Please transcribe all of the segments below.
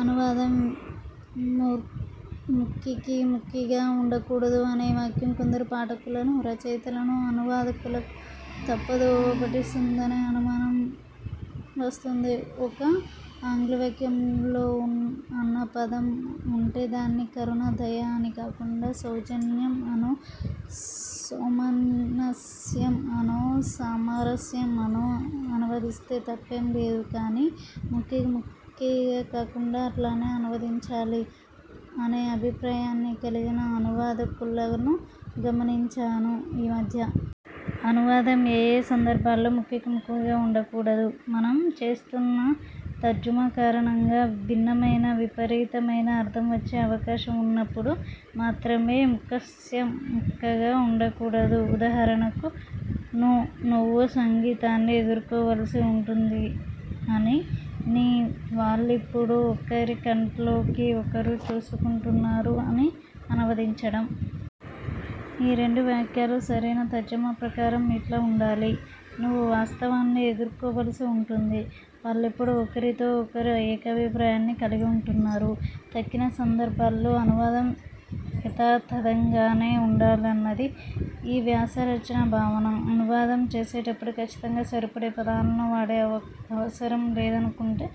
అనువాదం మక్ఖీకి మక్ఖీగా ఉండకూడదు, అనే వాక్యం కొందరు పాఠకులను, రచయితలను, అనువాదకులను తప్పుదోవ పట్టిస్తున్నదని అనుమానం వస్తోంది. ఒక ఆంగ్లవాక్యంలో అన్న పదం ఉంటే, దాన్ని కరుణ/దయ అని కాకుండా సౌజన్యం అనో, సౌమనస్యం అనో, సామరస్యం అనో అనువదిస్తే తప్పేం లేదు; కానీ మక్ఖీకి మక్ఖీగా కాకుండా అట్లానే అనువదించాలి అనే అభిప్రాయాన్ని కలిగిన అనువాదకులను గమనించాను ఈ మధ్య. అనువాదం ఏయే సందర్భాల్లో మక్ఖీకి మక్ఖీగా ఉండకూడదు? మనం చేస్తున్న తర్జుమా కారణంగా భిన్నమైన, విపరీతమైన అర్థం వచ్చే అవకాశం ఉన్నప్పుడు మాత్రమే ముక్కస్య ముక్కగా ఉండకూడదు. ఉదాహరణకు ' 'ను నువ్వు సంగీతాన్ని ఎదుర్కోవలసి ఉంటుంది అని, ' 'ని వాళ్లిప్పుడు ఒకరి కంట్లోకి ఒకరు చూసుకుంటున్నారు అని అనువదించటం. ఈ రెండు వాక్యాలు సరైన తర్జుమా ప్రకారం ఇట్లా వుండాలి: నువ్వు వాస్తవాన్ని ఎదుర్కోవలసి ఉంటుంది; వాళ్లిప్పుడు ఒకరితో ఒకరు ఏకాభిప్రాయాన్ని కలిగి ఉంటున్నారు. తక్కిన సందర్భాల్లో అనువాదం యథాతథంగానే ఉండాలన్నది ఈ వ్యాసరచయిత భావన. 'అనువాదం' చేసేటప్పుడు కచ్చితంగా సరిపడే పదాలను వాడే అవసరం లేదనుకుంటే,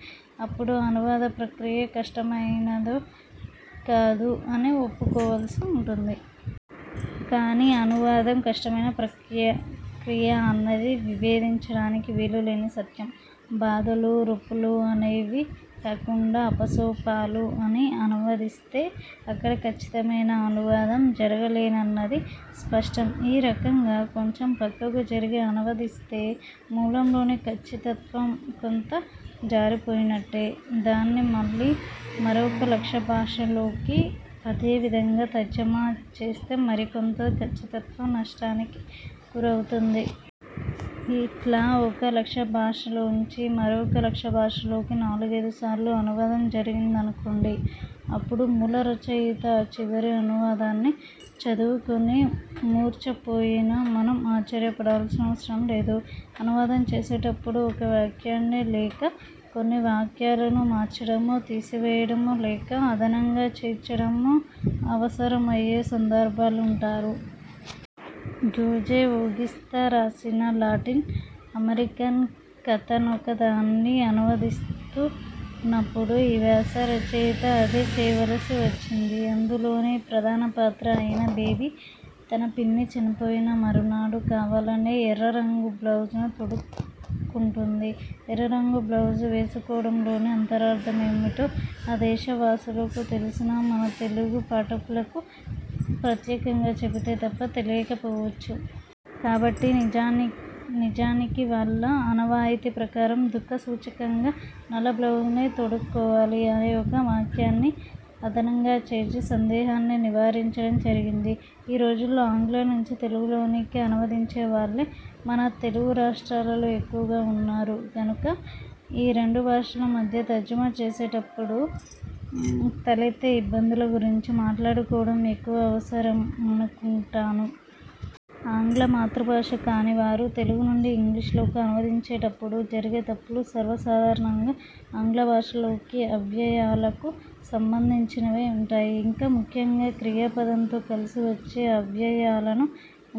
అప్పుడు అనువాద ప్రక్రియ కష్టమైనదేం కాదు అని ఒప్పుకోవలసి ఉంటుంది. కాని, అనువాదం కష్టమైన ప్రక్రియ అన్నది విభేదించడానికి వీలు లేని సత్యం. బాధలు ొప్పులు అని కాకుండా ఆపసోపాలు అని అనువదిస్తే అక్కడ కచ్చితమైన అనువాదం జరగలేదన్నది స్పష్టం. ఈ రకంగా కొంచెం పక్కకు జరిగి అనువదిస్తే మూలంలోని కచ్చితత్వం కొంత జారిపోయినట్టే. దాన్ని మళ్లీ మరొక లక్ష్యభాష లోకి అదే విధంగా తర్జుమా చేస్తే మరికొంత కచ్చితత్వం నష్టానికి గురవుతుంది. ఇట్లా ఒక లక్ష్యభాషలోంచి మరొక లక్ష్యభాషలోకి నాలుగైదు సార్లు అనువాదం జరిగిందనుకోండి; అప్పుడు మూలరచయిత ఆ చివరి అనువాదాన్ని చదువుకుని మూర్ఛపోయినా మనం ఆశ్చర్యపడాల్సిన అవసరం లేదు! అనువాదం చేసేటప్పుడు ఒక వాక్యాన్ని, లేక కొన్ని వాక్యాలను మార్చడమో తీసివేయడమో లేక అదనంగా చేర్చడమో అవసరమయ్యే సందర్భాలుంటారు. జూజే ఓగిస్తా రాసిన లాటిన్ అమెరికన్ కథనొకదాన్ని అనువదిస్తు న్నప్పుడు ఈ వ్యాసరచయిత అదే చేయవలసి వచ్చింది. అందులోని ప్రధానపాత్ర అయిన బేబీ, తన పిన్ని చనిపోయిన మరునాడు కావాలనే ఎర్రరంగు బ్లౌజును తొడుక్కుంటుంది. ఎర్రరంగు బ్లౌజు వేసుకోవడం లోని అంతరార్థమేమిటో ఆ దేశవాసులకు తెలిసినా మన తెలుగు పాఠకులకు ప్రత్యేకంగా చెబితే తప్ప తెలియకపోవచ్చు. కాబట్టి 'నిజానికి వాళ్ల ఆనవాయితీ ప్రకారం దుఃఖసూచకంగా నల్లబ్లౌజునే తొడుక్కోవాలి' అనే ఒక వాక్యాన్ని అదనంగా చేర్చి సందేహాన్ని నివారించడం జరిగింది. ఈ రోజుల్లో ఆంగ్లం నుంచి తెలుగులోనికి అనువదించేవాళ్లే మన తెలుగు రాష్ట్రాలలో ఎక్కువగా ఉన్నారు కనుక, ఈ రెండు భాషల మధ్య తర్జుమా చేసేటప్పుడు తలెత్తే ఇబ్బందుల గురించి మాట్లాడుకోవటం ఎక్కువ అవసరమను కుంటాను. ఆంగ్లం మాతృభాష కానివారు తెలుగు నుండి ఇంగ్లిష్ లోకి అనువదిం చేటప్పుడు జరిగే తప్పులు సర్వసాధారణంగా ఆంగ్లభాషలోని అవ్యయాలకు సంబంధించినవై ఉంటాయి. ఇంకా ముఖ్యంగా, క్రియాపదంతో కలిసి వచ్చే అవ్యయాలను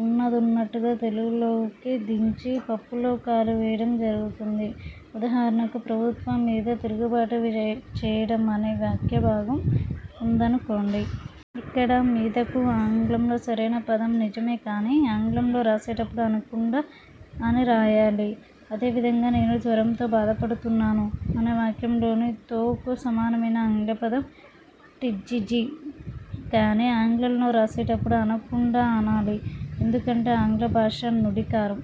ఉన్నదున్నట్టుగా తెలుగులోకి దించి, పప్పులో కాలు వేయటం జరుగుతుంది. ఉదాహరణకు, ప్రభుత్వం మీద తిరుగుబాటు చేయడం అనే వాక్యభాగం ఉందనుకోండి. ఇక్కడ 'మీద'కు ఆంగ్లంలో సరైన పదం, నిజమే. కాని, ఆంగ్లంలో రాసేటప్పుడు అనకుండా అని రాయాలి. అదే విధంగా నేను జ్వరంతో బాధ పడుతున్నాను అనే వాక్యంలోని 'తో' కు సమానమైన ఆంగ్లపదం ఠీజ్టీజి. కాని, ఆంగ్లంలో రాసేటప్పుడు అనకుండా, అనాలి. ఎందుకంటే, ఆంగ్లభాషా నుడికారం